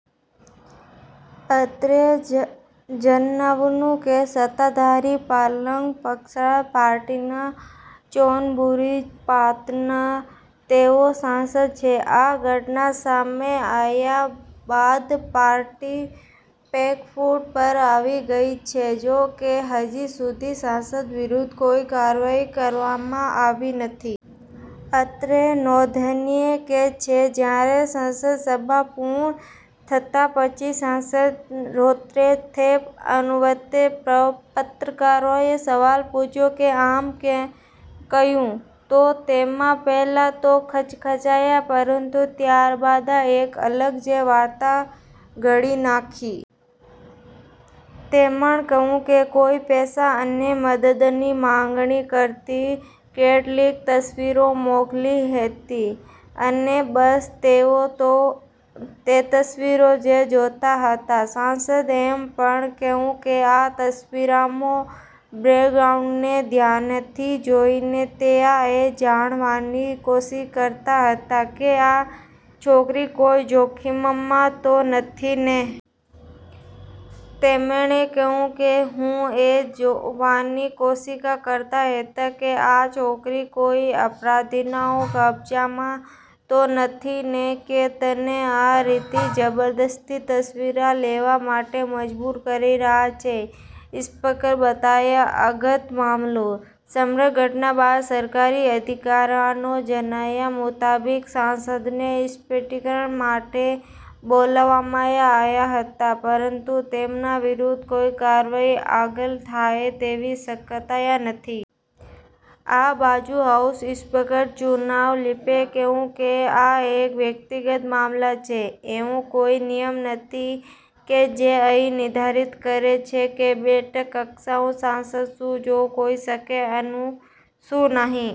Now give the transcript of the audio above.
અત્રે જણાવવાનું કે, સત્તાધારી પાલાંગ પ્રછારાથ પાર્ટી ના ચોનબુરી પ્રાંતના તેઓ સાંસદ છે. આ ઘટના સામે આવ્યા બાદ પાર્ટી બેકફૂટ પર આવી ગઈ છે. જો કે હજુ સુધી સાંસદ વિરુદ્ધ કોઈ કાર્યવાહી કરવામાં આવી નથી. અત્રે નોધનીય છે કે, જયારે સંસદ સભા પૂર્ણ થયા પછી સાંસદ રોન્નાથેપ અનુવતને પત્રકારોએ સવાલ પૂછ્યો કે, આમ કેમ કર્યું તો તેઓ પહેલા તો ખચકાયા, પરંતુ ત્યારબાદ એક અલગ જ વાર્તા ઘડી નાખી. તેમણે કહ્યું કે કોઈ પૈસા અને મદદની માગણી કરતી કેટલીક તસવીરો મોકલી હતી અને બસ તેઓ તો તે તસવીરો જ જોતા હતાં. સાંસદે એમ પણ કહ્યું કે 'આ તસવીરોમાં બેકગ્રાઉન્ડને ધ્યાનથી જોઈને તેઓ એ જાણવાની કોશિશ કરતા હતાં કે આ છોકરી કોઈ જોખમમાં તો નથી ને. તેમણે કહ્યું કે, હું એ જોવાની કોશિશ કરતો હતો કે આ છોકરી કોઈ અપરાધીઓના કબ્જામાં તો નથી ને કે તેને આ રીતે જબરદસ્તીથી તસવીરો લેવા માટે મજબૂર કરી રહ્યા છે. ' સ્પીકરે બતાવ્યો અંગત મામલો સમગ્ર ઘટના બાદ સરકારી અધિકારીઓના જણાવ્યાં મુજબ, સાંસદને સ્પષ્ટીકરણ માટે બોલાવવામાં આવ્યાં પરંતુ તેમના વિરુદ્ધ કોઈ કાર્યવાહી આગળ થાય તેવી શક્યતા નથી. આ બાજુ હાઉસ સ્પીકર ચુઆન લીક્પએ કહ્યું કે, આ એક વ્યક્તિગત મામલો છે. એવો કોઈ નિયમ નથી કે જે અહીં નિર્ધારિત કરે છે કે બેઠક કક્ષમાં સાંસદ શું જોઈ શકે અને શું નહીં.